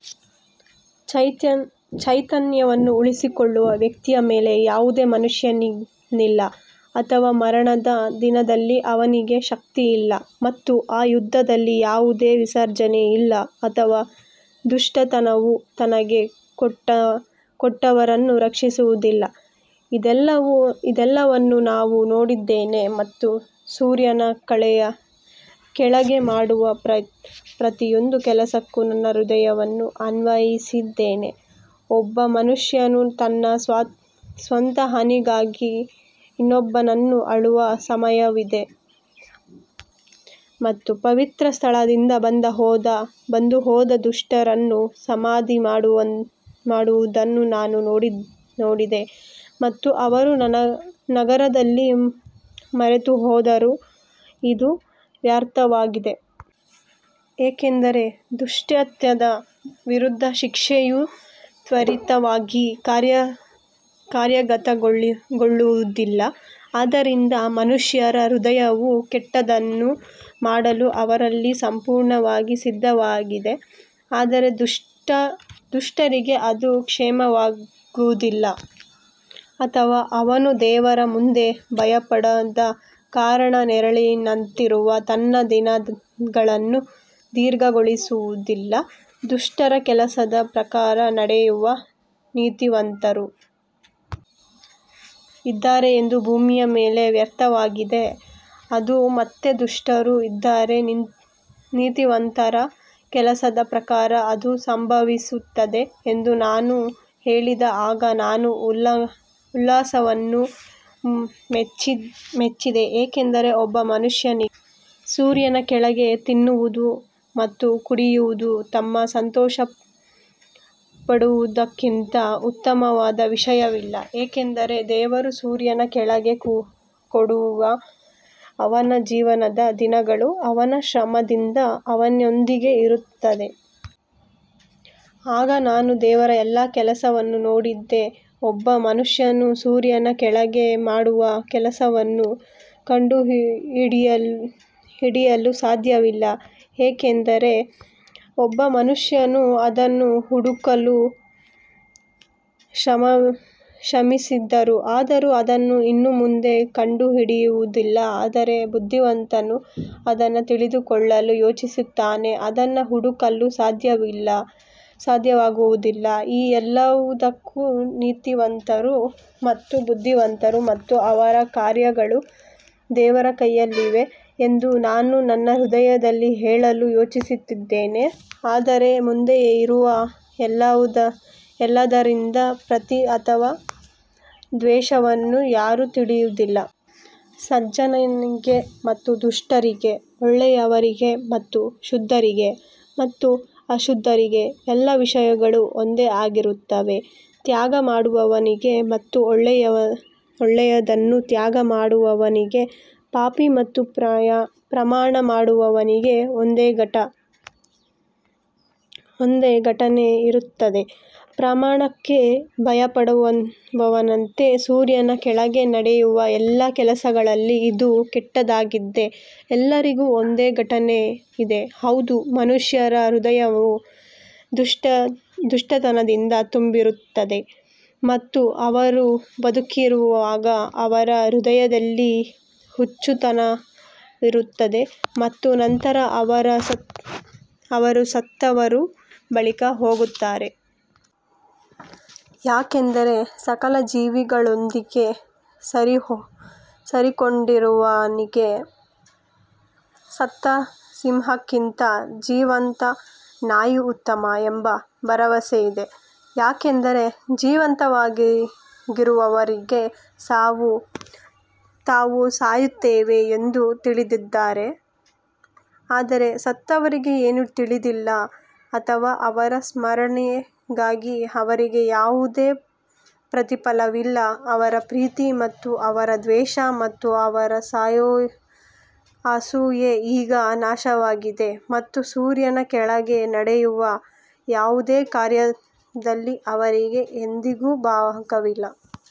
ಚೈತನ್ಯವನ್ನು ಉಳಿಸಿಕೊಳ್ಳುವ ಶಕ್ತಿಯ ಮೇಲೆ ಯಾವುದೇ ಮನುಷ್ಯನಿಲ್ಲ ಅಥವಾ ಮರಣದ ದಿನದಲ್ಲಿ ಅವನಿಗೆ ಶಕ್ತಿಯಿಲ್ಲ ಮತ್ತು ಆ ಯುದ್ಧದಲ್ಲಿ ಯಾವುದೇ ವಿಸರ್ಜನೆ ಇಲ್ಲ ಅಥವಾ ದುಷ್ಟತನವು ತನಗೆ ಕೊಟ್ಟವರನ್ನು ರಕ್ಷಿಸುವುದಿಲ್ಲ ಇದೆಲ್ಲವನ್ನೂ ನಾನು ನೋಡಿದ್ದೇನೆ ಮತ್ತು ಸೂರ್ಯನ ಕೆಳಗೆ ಮಾಡುವ ಪ್ರತಿಯೊಂದು ಕೆಲಸಕ್ಕೂ ನನ್ನ ಹೃದಯವನ್ನು ಅನ್ವಯಿಸಿದ್ದೇನೆ, ಒಬ್ಬ ಮನುಷ್ಯನು ತನ್ನ ಸ್ವಂತ ಹಾನಿಗಾಗಿ ಇನ್ನೊಬ್ಬನನ್ನು ಆಳುವ ಸಮಯವಿದೆ ಮತ್ತು ಪವಿತ್ರ ಸ್ಥಳದಿಂದ ಬಂದು ಹೋದ ದುಷ್ಟರನ್ನು ಸಮಾಧಿ ಮಾಡುವುದನ್ನು ನಾನು ನೋಡಿದೆ ಮತ್ತು ಅವರು ನಗರದಲ್ಲಿ ಮರೆತುಹೋದರು, ಇದು ವ್ಯರ್ಥವಾಗಿದೆ. ಏಕೆಂದರೆ ದುಷ್ಕೃತ್ಯದ ವಿರುದ್ಧ ಶಿಕ್ಷೆಯು ತ್ವರಿತವಾಗಿ ಕಾರ್ಯಗತಗೊಳ್ಳುವುದಿಲ್ಲ, ಆದ್ದರಿಂದ ಮನುಷ್ಯರ ಹೃದಯವು ಕೆಟ್ಟದ್ದನ್ನು ಮಾಡಲು ಅವರಲ್ಲಿ ಸಂಪೂರ್ಣವಾಗಿ ಸಿದ್ಧವಾಗಿದೆ. ಆದರೆ ದುಷ್ಟರಿಗೆ ಅದು ಕ್ಷೇಮವಾಗುವುದಿಲ್ಲ ಅಥವಾ ಅವನು ದೇವರ ಮುಂದೆ ಭಯಪಡದ ಕಾರಣ ನೆರಳಿನಂತಿರುವ ತನ್ನ ದಿನಗಳನ್ನು ದೀರ್ಘಗೊಳಿಸುವುದಿಲ್ಲ. ದುಷ್ಟರ ಕೆಲಸದ ಪ್ರಕಾರ ನಡೆಯುವ ನೀತಿವಂತರು ಇದ್ದಾರೆ ಎಂದು ಭೂಮಿಯ ಮೇಲೆ ವ್ಯರ್ಥವಾಗಿದೆ, ಅದು ಮತ್ತೆ ದುಷ್ಟರು ಇದ್ದಾರೆ, ನೀತಿವಂತರ ಕೆಲಸದ ಪ್ರಕಾರ ಅದು ಸಂಭವಿಸುತ್ತದೆ ಎಂದು ನಾನು ಹೇಳಿದೆ ಆಗ ನಾನು ಉಲ್ಲಾಸವನ್ನು ಮೆಚ್ಚಿದೆ ಏಕೆಂದರೆ ಒಬ್ಬ ಮನುಷ್ಯನಿಗೆ ಸೂರ್ಯನ ಕೆಳಗೆ ತಿನ್ನುವುದು ಮತ್ತು ಕುಡಿಯುವುದು ಮತ್ತು ಸಂತೋಷಪಡುವುದಕ್ಕಿಂತ ಉತ್ತಮವಾದ ವಿಷಯವಿಲ್ಲ, ಏಕೆಂದರೆ ದೇವರು ಸೂರ್ಯನ ಕೆಳಗೆ ಕೊಡುವ ಅವನ ಜೀವನದ ದಿನಗಳು ಅವನ ಶ್ರಮದಿಂದ ಅವನೊಂದಿಗೆ ಇರುತ್ತದೆ. ಆಗ ನಾನು ದೇವರ ಎಲ್ಲಾ ಕೆಲಸವನ್ನು ನೋಡಿದೆ, ಒಬ್ಬ ಮನುಷ್ಯನು ಸೂರ್ಯನ ಕೆಳಗೆ ಮಾಡುವ ಕೆಲಸವನ್ನು ಕಂಡುಹಿಡಿಯಲು ಸಾಧ್ಯವಿಲ್ಲ ಏಕೆಂದರೆ ಒಬ್ಬ ಮನುಷ್ಯನು ಅದನ್ನು ಹುಡುಕಲು ಶ್ರಮಿಸಿದರೂ ಅವನು ಅದನ್ನು ಇನ್ನೂ ಮುಂದೆ ಕಂಡುಹಿಡಿಯುವುದಿಲ್ಲ, ಆದರೆ ಬುದ್ಧಿವಂತನು ಅದನ್ನು ತಿಳಿದುಕೊಳ್ಳಲು ಯೋಚಿಸುತ್ತಾನೆ. ಅದನ್ನು ಹುಡುಕಲು ಸಾಧ್ಯವಾಗುವುದಿಲ್ಲ ಈ ಎಲ್ಲದಕ್ಕೂ ನೀತಿವಂತರು ಮತ್ತು ಬುದ್ಧಿವಂತರು ಮತ್ತು ಅವರ ಕಾರ್ಯಗಳು ದೇವರ ಕೈಯಲ್ಲಿವೆ ಎಂದು ನಾನು ನನ್ನ ಹೃದಯದಲ್ಲಿ ಹೇಳಲು ಯೋಚಿಸಿದೆ, ಅವರ ಮುಂದೆ ಇರುವ ಎಲ್ಲದರಿಂದ ಪ್ರೀತಿ ಅಥವಾ ದ್ವೇಷವನ್ನು ಯಾರೂ ತಿಳಿದಿಲ್ಲ. ಸಜ್ಜನನಿಗೆ ಮತ್ತು ದುಷ್ಟರಿಗೆ ಒಳ್ಳೆಯವರಿಗೆ ಮತ್ತು ಶುದ್ಧರಿಗೆ ಮತ್ತು ಅಶುದ್ಧರಿಗೆ ಎಲ್ಲಾ ವಿಷಯಗಳು ಒಂದೇ ಆಗಿರುತ್ತವೆ, ತ್ಯಾಗ ಮಾಡುವವನಿಗೆ ಮತ್ತು ಒಳ್ಳೆಯದನ್ನು ತ್ಯಾಗ ಮಾಡದವನಿಗೆ ಪಾಪಿ ಮತ್ತು ಪ್ರಮಾಣ ಮಾಡುವವನಿಗೆ ಒಂದೇ ಘಟನೆ ಇರುತ್ತದೆ. ಪ್ರಮಾಣಕ್ಕೆ ಭಯಪಡುವವನಂತೆ ಸೂರ್ಯನ ಕೆಳಗೆ ನಡೆಯುವ ಎಲ್ಲಾ ಕೆಲಸಗಳಲ್ಲಿ ಇದು ಕೆಟ್ಟದ್ದಾಗಿದೆ, ಎಲ್ಲರಿಗೂ ಒಂದೇ ಘಟನೆ ಇದೆ, ಹೌದು, ಮನುಷ್ಯರ ಹೃದಯವು ದುಷ್ಟತನದಿಂದ ತುಂಬಿರುತ್ತದೆ ಮತ್ತು ಅವರು ಬದುಕಿರುವಾಗ ಅವರ ಹೃದಯದಲ್ಲಿ ಹುಚ್ಚುತನವಿರುತ್ತದೆ ಮತ್ತು ನಂತರ ಅವರು ಸತ್ತವರ ಬಳಿಗೆ ಹೋಗುತ್ತಾರೆ. ಯಾಕಂದರೆ ಸಕಲ ಜೀವಿಗಳೊಂದಿಗೆ ಸೇರಿಕೊಂಡವನಿಗೆ ಸತ್ತ ಸಿಂಹಕ್ಕಿಂತ ಜೀವಂತ ನಾಯಿ ಉತ್ತಮ ಎಂಬ ಭರವಸೆ ಇದೆ ಯಾಕಂದರೆ ಜೀವಂತವಾಗಿರುವವರಿಗೆ ತಾವು ಸಾಯುತ್ತೇವೆ ಎಂದು ತಿಳಿದಿದ್ದಾರೆ ಆದರೆ ಸತ್ತವರಿಗೆ ಏನೂ ತಿಳಿದಿಲ್ಲ ಅಥವಾ ಅವರ ಸ್ಮರಣೆಗಾಗಿ ಅವರಿಗೆ ಯಾವುದೇ ಪ್ರತಿಫಲವಿಲ್ಲ ಅವರ ಪ್ರೀತಿ ಮತ್ತು ಅವರ ದ್ವೇಷ ಮತ್ತು ಅವರ ಅಸೂಯೆ ಈಗ ನಾಶವಾಗಿದೆ ಮತ್ತು ಸೂರ್ಯನ ಕೆಳಗೆ ನಡೆಯುವ ಯಾವುದೇ ಕಾರ್ಯದಲ್ಲಿ ಅವರಿಗೆ ಎಂದಿಗೂ ಭಾಗವಿಲ್ಲ.